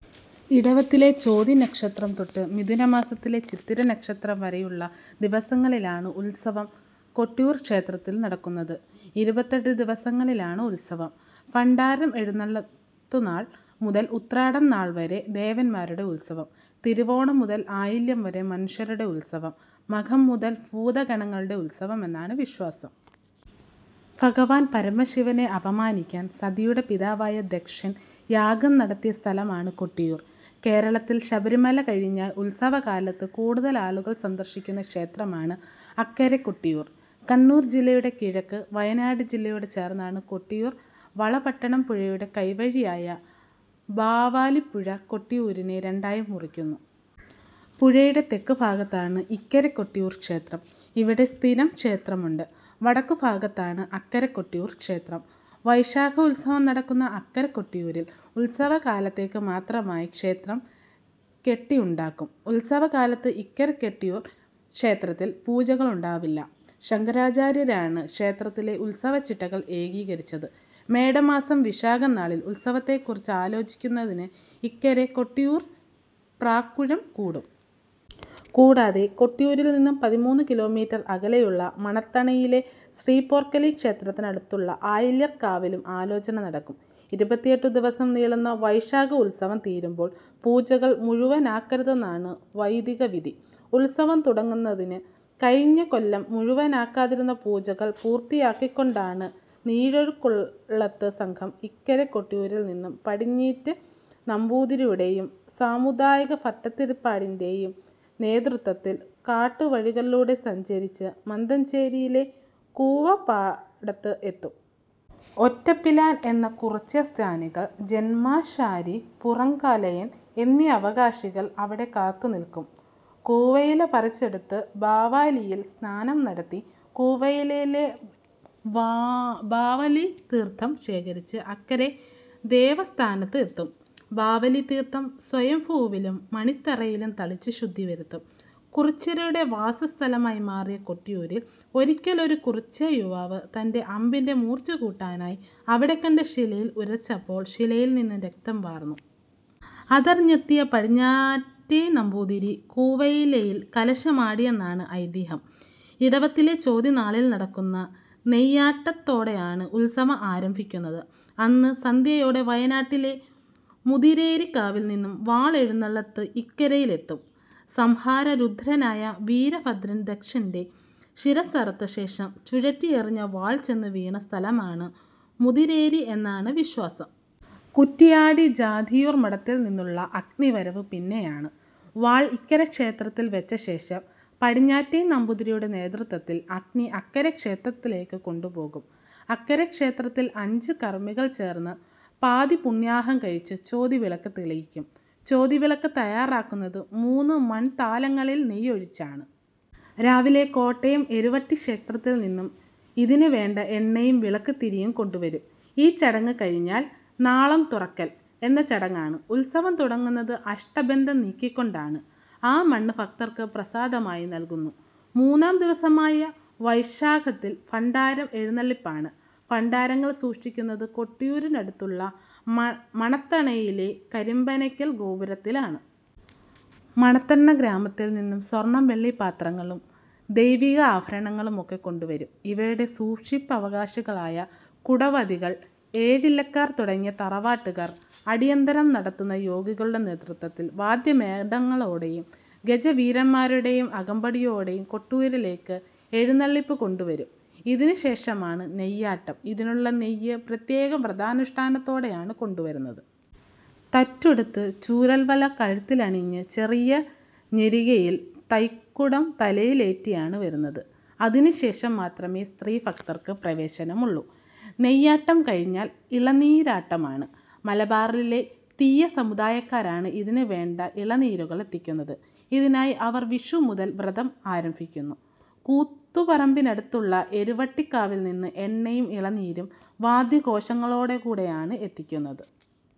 ഇടവത്തിലെ ചോതി നക്ഷത്രം തൊട്ട് മിഥുന മാസത്തിലെ ചിത്തിര നക്ഷത്രം വരെയുള്ള ദിവസങ്ങളിലാണ് ഉത്സവം കൊട്ടിയൂർ ക്ഷേത്രത്തിൽ നടക്കുന്നത്. ഇരുപത്തെട്ട് ദിവസങ്ങളിലായാണ് ഉത്സവം. ഭണ്ഡാരം എഴുന്നള്ളത്തുനാൾ മുതൽ ഉത്രാടം നാൾ വരെ ദേവന്മാരുടെ ഉത്സവം. തിരുവോണം മുതൽ ആയില്യം വരെ മനുഷ്യരുടെ ഉത്സവം. മകം മുതൽ ഭൂതഗണങ്ങളുടെ ഉത്സവം എന്നാണ് വിശ്വാസം. ഭഗവാൻ പരമശിവനെ അപമാനിക്കാൻ സതിയുടെ പിതാവായ ദക്ഷൻ യാഗം നടത്തിയ സ്ഥലമാണ് കൊട്ടിയൂർ. കേരളത്തിൽ ശബരിമല കഴിഞ്ഞാൽ ഉത്സവകാലത്ത് കൂടുതൽ ആളുകൾ സന്ദർശിക്കുന്ന ക്ഷേത്രമാണ് അക്കരെ കൊട്ടിയൂർ. കണ്ണൂർ ജില്ലയുടെ കിഴക്ക്, വയനാട് ജില്ലയോട് ചേർന്നാണ് കൊട്ടിയൂർ. വളപ്പട്ടണം പുഴയുടെ കൈവഴിയായ ബാവലിപ്പുഴ കൊട്ടിയൂരിനെ രണ്ടായി മുറിക്കുന്നു. പുഴയുടെ തെക്കുഭാഗത്താണ് ഇക്കരെ കൊട്ടിയൂർ ക്ഷേത്രം. ഇവിടെ സ്ഥിരം ക്ഷേത്രമുണ്ട്. വടക്കുഭാഗത്താണ് അക്കരെ കൊട്ടിയൂർ ക്ഷേത്രം. വൈശാഖ ഉത്സവം നടക്കുന്ന അക്കരെ കൊട്ടിയൂരിൽ ഉത്സവകാലത്തേക്ക് മാത്രമായി ക്ഷേത്രം കെട്ടിയുണ്ടാക്കും. ഉത്സവകാലത്ത് ഇക്കരെ കൊട്ടിയൂർ ക്ഷേത്രത്തിൽ പൂജകൾ ഉണ്ടാവില്ല. ശങ്കരാചാര്യരാണ് ക്ഷേത്രത്തിലെ ഉത്സവചിട്ടകൾ ഏകീകരിച്ചത്. മേട മാസം വിശാഖം നാളിൽ ഉത്സവത്തെക്കുറിച്ച് ആലോചിക്കുന്നതിന് ഇക്കരെ കൊട്ടിയൂരിൽ പ്രാക്കൂഴം കൂടും. കൂടാതെ കൊട്ടിയൂരിൽ നിന്ന് പതിമൂന്ന് കിലോമീറ്റർ അകലെയുള്ള മണത്തണയിലെ ശ്രീപോർക്കലി ക്ഷേത്രത്തിന് അടുത്തുള്ള ആയില്യർ കാവിലും ആലോചന നടക്കും. ഇരുപത്തിയെട്ട് ദിവസം നീളുന്ന വൈശാഖ ഉത്സവം തീരുമ്പോൾ പൂജകൾ മുഴുവനാകരുതെന്നാണ് വൈദികവിധി. ഉത്സവം തുടങ്ങുന്നത് കഴിഞ്ഞ കൊല്ലം മുഴുവനാകാതിരുന്ന പൂജകൾ പൂർത്തിയാക്കിക്കൊണ്ടാണ്. നീരൊഴുക്കുന്നുള്ളത്ത് സംഘം ഇക്കരെ കൊട്ടിയൂരിൽ നിന്ന് പടിഞ്ഞീറ്റ നമ്പൂതിരിയുടെയും സമുദായി ഭട്ടതിരിപ്പാടിൻ്റെയും നേതൃത്വത്തിൽ കാട്ടുവഴികളിലൂടെ സഞ്ചരിച്ച് മന്ദഞ്ചേരിയിലെ കൂവപ്പാടത്ത് എത്തും. ഒറ്റപ്പിലാൻ എന്ന കുറിച്യസ്ഥാനികൻ, ജന്മാശാരി, പുറംകലയൻ എന്നീ അവകാശികൾ അവിടെ കാത്തുനിൽക്കും. കൂവയില പറിച്ചെടുത്ത് ബാവലിയിൽ സ്നാനം നടത്തി കൂവയിലയിൽ ബാവലിതീർത്ഥം ശേഖരിച്ച് അക്കരെ ദേവസ്ഥാനത്ത് എത്തും. ബാവലിതീർത്ഥം സ്വയംഭൂവിലും മണിത്തറയിലും തളിച്ച് ശുദ്ധിവരുത്തും. കുറിച്യരുടെ വാസസ്ഥലമായി മാറിയ കൊട്ടിയൂരിൽ ഒരിക്കൽ ഒരു കുറിച്യയുവാവ് തൻ്റെ അമ്പിൻ്റെ മൂർച്ച കൂട്ടാനായി അവിടെ കണ്ട ശിലയിൽ ഉരച്ചപ്പോൾ ശിലയിൽ നിന്ന് രക്തം വാർന്നു. അത് അറിഞ്ഞെത്തിയ പടിഞ്ഞീറ്റ നമ്പൂതിരി കൂവയിലയിൽ കലശമാടിയെന്നാണ് ഐതിഹ്യം. ഇടവത്തിലെ ചോതി നാളിൽ നടക്കുന്ന നെയ്യാട്ടത്തോടെയാണ് ഉത്സവം ആരംഭിക്കുന്നത്. അന്ന് സന്ധ്യയോടെ വയനാട്ടിലെ മുതിരേരിക്കാവിൽ നിന്ന് വാൾ എഴുന്നള്ളത്ത് ഇക്കരയിലെത്തും. സംഹാരരുദ്രനായ വീരഭദ്രൻ ദക്ഷൻ്റെ ശിരസ്സറുത്ത ശേഷം ചുഴറ്റിയെറിഞ്ഞ വാൾ ചെന്നു വീണ സ്ഥലമാണ് മുതിരേരി എന്നാണ് വിശ്വാസം. കുറ്റിയാടി ജാതിയൂർ മഠത്തിൽ നിന്നുള്ള അഗ്നിവരവ് പിന്നെയൊന്ന്. വാൾ ഇക്കരെ ക്ഷേത്രത്തിൽ വെച്ചശേഷം പടിഞ്ഞാറ്റെ നമ്പൂതിരിയുടെ നേതൃത്വത്തിൽ അഗ്നി അക്കരെ ക്ഷേത്രത്തിലേക്ക് കൊണ്ടുപോകും. അക്കരെ ക്ഷേത്രത്തിൽ അഞ്ച് കർമ്മികൾ ചേർന്ന് പാതിപൂണ്യാഹം കഴിച്ച് ചോതി വിളക്ക് തെളിയിക്കും. ചോതി വിളക്ക് തയ്യാറാക്കുന്നത് മൂന്ന് മൺതാലങ്ങളിൽ നെയ്യ് ഒഴിച്ചാണ്. രാവിലെ കോട്ടയം എരുവട്ടി ക്ഷേത്രത്തിൽ നിന്ന് ഇതിനു വേണ്ട എണ്ണയും വിളക്കുതിരിയും കൊണ്ടുവരും. ഈ ചടങ്ങ് കഴിഞ്ഞാൽ "നാളം തുറക്കൽ" എന്ന ചടങ്ങാണ്. ഉത്സവം തുടങ്ങുന്നത് അഷ്ടബന്ധം നീക്കിക്കൊണ്ടാണ്, ആ മണ്ണ് ഭക്തർക്ക് പ്രസാദമായി നൽകുന്നു. മൂന്നാം ദിവസമായ വൈശാഖത്തിൽ ഭണ്ഡാരം എഴുന്നെള്ളിപ്പാണ്. ഭണ്ഡാരങ്ങൾ സൂക്ഷിക്കുന്നത് കൊട്ടിയൂരിനടുത്തുള്ള മണത്തണയിലെ കരിമ്പനയ്ക്കൽ ഗോപുരത്തിലാണ്. മണത്തണ ഗ്രാമത്തിൽ നിന്ന് സ്വർണ്ണ, വെള്ളി പാത്രങ്ങളും ദൈവിക ആഭരണങ്ങളും ഒക്കെ കൊണ്ടുവരും. ഇവയുടെ സൂക്ഷിപ്പവകാശികളായ കുടവതികൾ, ഏഴില്ലക്കാർ തുടങ്ങിയ തറവാട്ടുകാർ അടിയന്തരം നടത്തുന്ന യോഗികളുടെ നേതൃത്വത്തിൽ വാദ്യമേളങ്ങളോടെയും ഗജവീരന്മാരുടെയും അകമ്പടിയോടെ കൊട്ടിയൂരിലേക്ക് എഴുന്നള്ളിച്ച് കൊണ്ടുവരും. ഇതിനുശേഷമാണ് നെയ്യാട്ടം. ഇതിനുള്ള നെയ്യ് പ്രത്യേക വ്രതാനുഷ്ഠാനത്തോടെയാണ് കൊണ്ടുവരുന്നത്. തറ്റുടുത്ത്, ചൂരൽവള കഴുത്തിലണിഞ്ഞ് ചെറിയ തെരികയിൽ തയ്ക്കുടം തലയിലേറ്റിയാണ് വരുന്നത്. അതിനു ശേഷം മാത്രമേ സ്ത്രീ ഭക്തർക്ക് പ്രവേശനമുള്ളൂ. നെയ്യാട്ടം കഴിഞ്ഞാൽ ഇളനീരാട്ടമാണ്. മലബാറിലെ തിയ്യസമുദായക്കാരാണ് ഇതിനു വേണ്ട ഇളനീരുകൾ എത്തിക്കുന്നത്. ഇതിനായി അവർ വിഷു മുതൽ വ്രതം ആരംഭിക്കുന്നു. കൂത്തുപറമ്പിനടുത്തുള്ള എരുവട്ടിക്കാവിൽ നിന്ന് എണ്ണയും ഇളനീരും വാദ്യാഘോഷങ്ങളോടെയാണ് എത്തിക്കുന്നത്.